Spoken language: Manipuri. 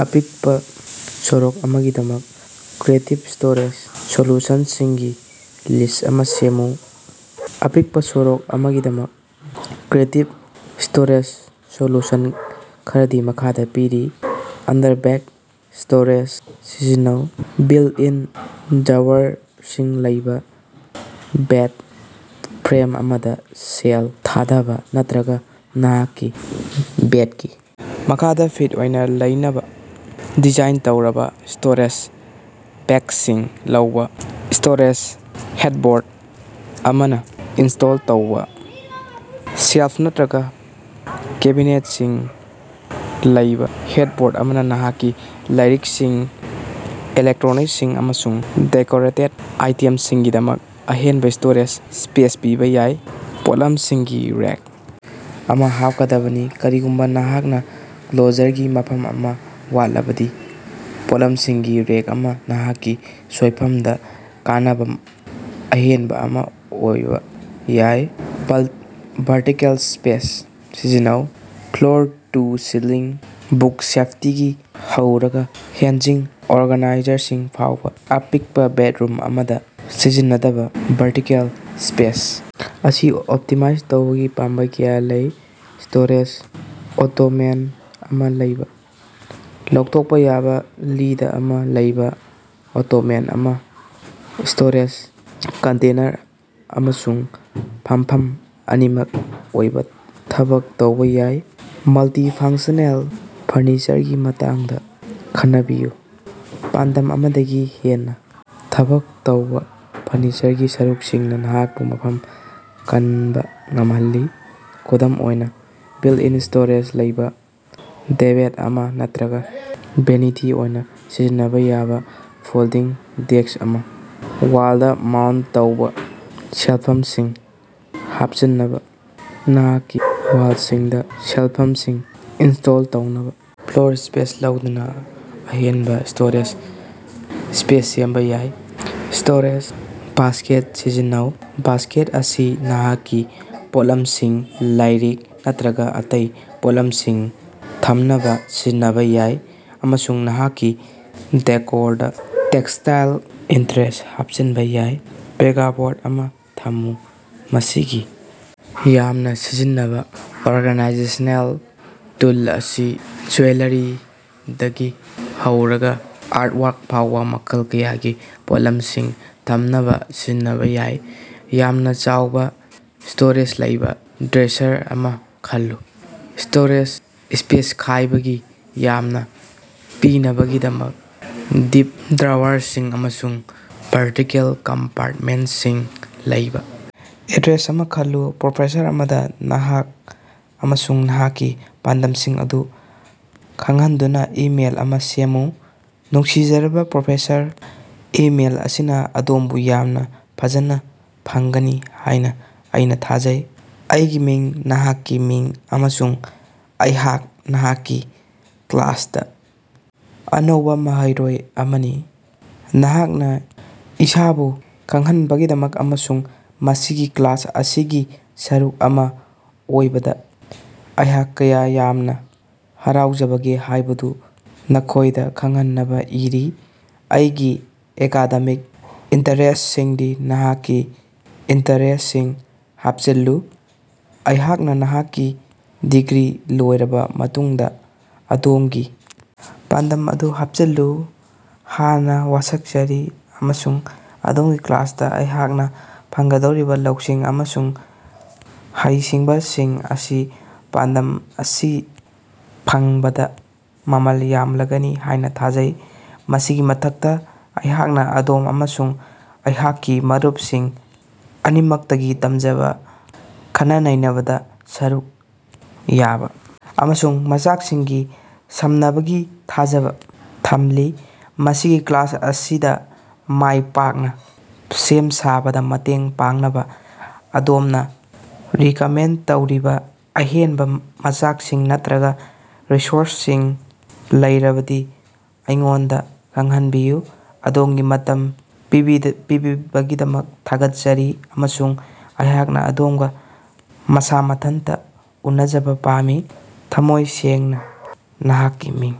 ꯑꯄꯤꯛꯄ ꯁꯣꯔꯣꯛ ꯑꯃꯒꯤꯗꯃꯛ ꯀ꯭ꯔꯤꯌꯦꯇꯤꯚ ꯁ꯭ꯇꯣꯔꯦꯖ ꯁꯣꯂ꯭ꯌꯨꯁꯟꯁꯤꯡꯒꯤ ꯂꯤꯁ꯭ꯠ ꯑꯃꯥ ꯁꯦꯝꯃꯨ꯫ ꯑꯄꯤꯛꯄ ꯁꯣꯔꯣꯛ ꯑꯃꯒꯤꯗꯃꯛ ꯀ꯭ꯔꯤꯌꯦꯇꯤꯚ ꯁ꯭ꯇꯣꯔꯦꯖ ꯁꯣꯂ꯭ꯌꯨꯁꯟ ꯈꯔꯗꯤ ꯃꯈꯥꯗ ꯄꯤꯔꯤ: ꯑꯟꯗꯔ ꯕꯦꯗ ꯁ꯭ꯇꯣꯔꯦꯖ ꯁꯤꯖꯤꯟꯅꯧ: ꯕꯤꯜꯠ-ꯏꯟ ꯗ꯭ꯔꯣꯋꯔꯁꯤꯡ ꯂꯩꯕꯥ ꯕꯦꯗ ꯐ꯭ꯔꯦꯝ ꯑꯃꯗ ꯁꯦꯜ ꯊꯥꯗꯕ, ꯅꯠꯇꯔꯒ ꯅꯍꯥꯛꯀꯤ ꯕꯦꯗꯀꯤ ꯃꯈꯥꯗ ꯐꯤꯠ ꯑꯣꯏꯅ ꯂꯩꯅꯕ ꯗꯤꯖꯥꯏꯟ ꯇꯧꯔꯕ ꯁ꯭ꯇꯣꯔꯦꯖ ꯕꯣꯛꯁꯁꯤꯡ ꯂꯧꯕ꯫ ꯁ꯭ꯇꯣꯔꯦꯖ ꯍꯦꯗꯕꯣꯔꯗ ꯑꯃꯥ ꯏꯟꯁ꯭ꯇꯣꯜ ꯇꯧꯕ: ꯁꯦꯜꯐꯝ ꯅꯠꯇ꯭ꯔꯒ ꯀꯦꯕꯤꯅꯦꯠꯁꯤꯡ ꯂꯩꯕ ꯍꯦꯗꯕꯣꯔꯗ ꯑꯃꯅ ꯅꯍꯥꯛꯀꯤ ꯂꯥꯏꯔꯤꯛꯁꯤꯡ, ꯏꯂꯦꯛꯇꯔꯣꯅꯤꯛꯁ ꯑꯃꯁꯨꯡ ꯗꯦꯀꯣꯔꯦꯇꯦꯗ ꯑꯥꯏꯇꯦꯝꯁꯤꯡꯒꯤꯗꯃꯛ ꯑꯍꯦꯟꯕ ꯁ꯭ꯇꯣꯔꯦꯖ ꯁ꯭ꯄꯦꯁ ꯄꯤꯕ ꯌꯥꯏ꯫ ꯄꯣꯠꯂꯝꯁꯤꯡꯒꯤ ꯔꯦꯛ ꯑꯃꯥ ꯍꯥꯞꯀꯗꯕꯅꯤ: ꯀꯔꯤꯒꯨꯝꯕ ꯅꯍꯥꯛꯅ ꯀ꯭ꯂꯣꯖꯔꯒꯤ ꯃꯐꯝ ꯑꯃ ꯋꯥꯠꯂꯕꯗꯤ, ꯄꯣꯠꯂꯝꯁꯤꯡꯒꯤ ꯔꯦꯛ ꯑꯃ ꯅꯍꯥꯛꯀꯤ ꯁꯣꯏꯐꯝꯗ ꯀꯥꯟꯅꯕ ꯑꯍꯦꯟꯕ ꯑꯃꯥ ꯑꯣꯏꯕ ꯌꯥꯏ꯫ ꯚꯔꯇꯤꯀꯦꯜ ꯁ꯭ꯄꯦꯁ ꯁꯤꯖꯤꯟꯅꯧ: ꯐ꯭ꯂꯣꯔ-ꯇꯨ-ꯁꯤꯂꯤꯡ ꯕꯨꯛꯁꯦꯜꯐꯇꯒꯤ ꯍꯧꯔꯒ ꯍꯦꯟꯖꯤꯡ ꯑꯣꯔꯒꯥꯅꯥꯏꯖꯔꯁꯤꯡ ꯐꯥꯎꯕ, ꯑꯄꯤꯛꯄ ꯕꯦꯗꯔꯨꯝ ꯑꯃꯗ ꯁꯤꯖꯤꯟꯅꯗꯕ ꯚꯔꯇꯤꯀꯦꯜ ꯁ꯭ꯄꯦꯁ ꯑꯁꯤ ꯑꯣꯞꯇꯤꯃꯥꯏꯖ ꯇꯧꯅꯕꯒꯤ ꯄꯥꯝꯕꯩ ꯀꯌꯥ ꯂꯩ꯫ ꯁ꯭ꯇꯣꯔꯦꯖ ꯑꯣꯇꯣꯃꯦꯟ ꯑꯃꯥ ꯂꯧꯕ: ꯂꯧꯊꯣꯛꯄ ꯌꯥꯕ ꯂꯤꯗ ꯑꯃ ꯂꯩꯕ ꯑꯣꯇꯣꯃꯦꯟ ꯑꯃꯅ ꯁ꯭ꯇꯣꯔꯦꯖ ꯀꯟꯇꯦꯅꯔ ꯑꯃꯁꯨꯡ ꯐꯝꯐꯝ ꯑꯅꯤꯃꯛ ꯑꯣꯏꯅ ꯊꯕꯛ ꯇꯧꯕ ꯌꯥꯏ꯫ ꯃꯜꯇꯤ-ꯐꯪꯁꯅꯦꯜ ꯐꯔꯅꯤꯆꯔꯒꯤ ꯃꯇꯥꯡꯗ ꯈꯟꯅꯕꯤꯌꯨ: ꯄꯥꯟꯗꯝ ꯑꯃꯗꯒꯤ ꯍꯦꯟꯅ ꯊꯕꯛ ꯇꯧꯕ ꯐꯔꯅꯤꯆꯔꯒꯤ ꯁꯔꯨꯛꯁꯤꯡꯅ ꯅꯍꯥꯛꯄꯨ ꯃꯐꯝ ꯀꯟꯕ ꯉꯝꯍꯜꯂꯤ꯫ ꯈꯨꯗꯝ ꯑꯣꯏꯅ, ꯕꯤꯜꯠ-ꯏꯟ ꯁ꯭ꯇꯣꯔꯦꯖ ꯂꯩꯕ ꯗꯦꯕꯦꯗ ꯑꯃ ꯅꯠꯇꯔꯒ ꯚꯦꯅꯤꯇꯤ ꯑꯣꯏꯅ ꯁꯤꯖꯤꯟꯅꯕ ꯌꯥꯕ ꯐꯣꯜꯗꯤꯡ ꯗꯦꯁ꯭ꯛ ꯑꯃꯥ꯫ ꯋꯥꯜꯗꯥ ꯃꯥꯎꯟꯇꯠ ꯇꯧꯕꯥ ꯁꯦꯜꯐꯝꯁꯤꯡ ꯍꯥꯞꯆꯤꯟꯕ: ꯅꯍꯥꯛꯀꯤ ꯋꯥꯜꯁꯤꯡꯗ ꯁꯦꯜꯐꯝꯁꯤꯡ ꯏꯟꯁ꯭ꯇꯣꯜ ꯇꯧꯕꯅ ꯐ꯭ꯂꯣꯔ ꯁ꯭ꯄꯦꯁ ꯂꯧꯗꯅ ꯑꯍꯦꯟꯕ ꯁ꯭ꯇꯣꯔꯦꯖ ꯁ꯭ꯄꯦꯁ ꯁꯦꯝꯕ ꯌꯥꯏ꯫ ꯁ꯭ꯇꯣꯔꯦꯖ ꯕꯥꯁ꯭ꯀꯦꯠ ꯁꯤꯖꯤꯟꯅꯧ: ꯕꯥꯁ꯭ꯀꯦꯠ ꯑꯁꯤ ꯅꯍꯥꯛꯀꯤ ꯄꯣꯠꯂꯝꯁꯤꯡ, ꯂꯥꯏꯔꯤꯛ ꯅꯠꯇꯔꯒ ꯑꯇꯩ ꯄꯣꯠꯂꯝꯁꯤꯡ ꯊꯝꯅꯕ ꯁꯤꯖꯤꯟꯅꯕ ꯌꯥꯏ, ꯑꯃꯁꯨꯡ ꯅꯍꯥꯛꯀꯤ ꯗꯦꯀꯣꯔꯗ ꯇꯦꯛꯁꯇꯥꯏꯜ ꯏꯟꯇꯔꯦꯁ꯭ꯠ ꯍꯥꯞꯆꯤꯟꯕ ꯌꯥꯏ꯫ ꯄꯦꯒꯕꯣꯔꯗ ꯑꯃꯥ ꯊꯝꯃꯨ: ꯃꯁꯤꯒꯤ ꯌꯥꯝꯅ ꯁꯤꯖꯤꯟꯅꯕ ꯑꯣꯔꯒꯅꯥꯏꯖꯦꯁꯅꯦꯜ ꯇꯨꯜ ꯑꯁꯤ ꯖꯨꯋꯦꯂꯔꯤꯗꯒꯤ ꯍꯧꯔꯒ ꯑꯥꯔꯇꯋꯥꯔꯛ ꯐꯥꯎꯕ ꯃꯈꯜ ꯀꯌꯥꯒꯤ ꯄꯣꯠꯂꯝꯁꯤꯡ ꯊꯝꯅꯕ ꯁꯤꯖꯤꯟꯅꯕ ꯌꯥꯏ꯫ ꯌꯥꯝꯅ ꯆꯥꯎꯕꯥ ꯁ꯭ꯇꯣꯔꯦꯖ ꯂꯩꯕ ꯗ꯭ꯔꯦꯁꯔ ꯑꯃꯥ ꯈꯜꯂꯨ: ꯁ꯭ꯇꯣꯔꯦꯖ ꯁ꯭ꯄꯦꯁ ꯈ꯭ꯋꯥꯏꯗꯒꯤ ꯌꯥꯝꯅ ꯄꯤꯅꯕꯒꯤꯗꯃꯛ ꯗꯤꯞ ꯗ꯭ꯔꯣꯋꯔꯁꯤꯡ ꯑꯃꯁꯨꯡ ꯚꯔꯇꯤꯀꯦꯜ ꯀꯝꯄꯥꯔꯠꯃꯦꯟꯠꯁꯤꯡ ꯂꯩꯕ ꯗ꯭ꯔꯦꯁꯔ ꯑꯃꯥ ꯈꯜꯂꯨ꯫ ꯄ꯭ꯔꯣꯐꯦꯁꯔ ꯑꯃꯗ ꯅꯍꯥꯛ ꯑꯃꯁꯨꯡ ꯅꯍꯥꯛꯀꯤ ꯄꯥꯟꯗꯝꯁꯤꯡ ꯑꯗꯨ ꯈꯪꯍꯟꯗꯨꯅꯥ ꯏꯃꯦꯏꯜ ꯑꯃꯥ ꯁꯦꯝꯃꯨ꯫ ꯅꯨꯡꯁꯤꯖꯔꯕꯥ ꯄ꯭ꯔꯣꯐꯦꯁꯔ, ꯏꯃꯦꯜ ꯑꯁꯤꯅ ꯑꯗꯣꯝꯕꯨ ꯌꯥꯝꯅꯥ ꯐꯖꯅ ꯐꯪꯒꯅꯤ ꯍꯥꯏꯅꯥ ꯑꯩꯅ ꯊꯥꯖꯩ꯫ ꯑꯩꯒꯤ ꯃꯤꯡ ꯅꯍꯥꯛꯀꯤ ꯃꯤꯡꯅꯤ, ꯑꯃꯁꯨꯡ ꯑꯩꯍꯥꯛ ꯅꯍꯥꯛꯀꯤ ꯀ꯭ꯂꯥꯁꯗ ꯑꯅꯧꯕ ꯃꯍꯩꯔꯣꯏ ꯑꯃꯅꯤ꯫ ꯑꯩꯍꯥꯛꯅ ꯏꯁꯥꯕꯨ ꯈꯪꯍꯟꯅꯕꯒꯤꯗꯃꯛ ꯑꯃꯁꯨꯡ ꯃꯁꯤꯒꯤ ꯀ꯭ꯂꯥꯁ ꯑꯁꯤꯒꯤ ꯁꯔꯨꯛ ꯑꯃꯥ ꯑꯣꯏꯕꯗ ꯑꯩꯍꯥꯛ ꯀꯌꯥ ꯌꯥꯝꯅ ꯍꯔꯥꯎꯕꯒꯦ ꯍꯥꯏꯕꯗꯨ ꯅꯈꯣꯏꯗ ꯈꯪꯍꯟꯅꯕ ꯏꯔꯤ꯫ ꯑꯩꯒꯤ ꯑꯦꯀꯥꯗꯦꯃꯤꯛ ꯏꯟꯇꯔꯦꯁ꯭ꯇꯁꯤꯡꯗꯤ ꯅꯍꯥꯛꯀꯤ ꯏꯟꯇꯔꯦꯁ꯭ꯇꯁꯤꯡ ꯍꯥꯄꯆꯤꯜꯂꯨ꯫ ꯑꯩꯍꯥꯛꯅ ꯑꯩꯍꯥꯛꯀꯤ ꯗꯤꯒ꯭ꯔꯤ ꯂꯣꯏꯔꯕ ꯃꯇꯨꯡꯗ ꯑꯗꯣꯝꯒꯤ ꯄꯥꯟꯗꯝ ꯑꯗꯨ ꯍꯥꯞꯆꯤꯜꯂꯨ ꯍꯥꯏꯅ ꯋꯥꯁꯛꯆꯔꯤ ꯑꯃꯁꯨꯡ ꯑꯗꯣꯝꯒꯤ ꯀ꯭ꯂꯥꯁꯗ ꯑꯩꯍꯥꯛꯅ ꯐꯪꯒꯗꯧꯔꯤꯕ ꯂꯧꯁꯤꯡ ꯑꯃꯁꯨꯡ ꯍꯩꯁꯤꯡꯕꯁꯤꯡ ꯑꯁꯤ ꯄꯥꯟꯗꯝ ꯑꯁꯤ ꯐꯪꯕꯗ ꯃꯃꯜ ꯌꯥꯝꯂꯒꯅꯤ ꯍꯥꯏꯅ ꯊꯥꯖꯩ꯫ ꯃꯁꯤꯒꯤ ꯃꯊꯛꯇ, ꯑꯩꯍꯥꯛꯅ ꯑꯗꯣꯝ ꯑꯃꯁꯨꯡ ꯑꯩꯍꯥꯛꯀꯤ ꯃꯔꯨꯞꯁꯤꯡ ꯑꯅꯤꯃꯛꯇꯒꯤ ꯇꯝꯖꯕ, ꯈꯟꯅ-ꯅꯩꯅꯕꯗ ꯁꯔꯨꯛ ꯌꯥꯕ, ꯑꯃꯁꯨꯡ ꯃꯆꯥꯛꯁꯤꯡꯒ ꯁꯝꯅꯕꯒꯤ ꯊꯥꯖꯕ ꯊꯝꯂꯤ꯫ ꯃꯁꯤꯒꯤ ꯀ꯭ꯂꯥꯁ ꯑꯁꯤꯗ ꯃꯥꯏ ꯄꯥꯛꯅꯕ ꯁꯦꯝ ꯁꯥꯕꯗ ꯃꯇꯦꯡ ꯄꯥꯡꯅꯕ ꯑꯗꯣꯝꯅ ꯔꯤꯀꯃꯦꯟꯗ ꯇꯧꯔꯤꯕ ꯑꯍꯦꯟꯕ ꯃꯆꯥꯛꯁꯤꯡ ꯅꯠꯇꯔꯒ ꯔꯤꯁꯣꯔꯁꯁꯤꯡ ꯂꯩꯔꯕꯗꯤ ꯑꯩꯉꯣꯟꯗ ꯈꯪꯍꯟꯕꯤꯌꯨ꯫ ꯑꯗꯣꯝꯒꯤ ꯃꯇꯝ ꯄꯤꯕꯤꯕꯒꯤꯗꯃꯛ ꯊꯥꯒꯠꯆꯔꯤ, ꯑꯃꯁꯨꯡ ꯑꯩꯍꯥꯛꯅ ꯑꯗꯣꯝꯒ ꯃꯁꯥ ꯃꯊꯟꯇ ꯎꯅꯖꯕ ꯄꯥꯝꯃꯤ꯫ ꯊꯃꯣꯏ ꯁꯦꯡꯅꯥ, ꯅꯍꯥꯛꯀꯤ ꯃꯤꯡ꯫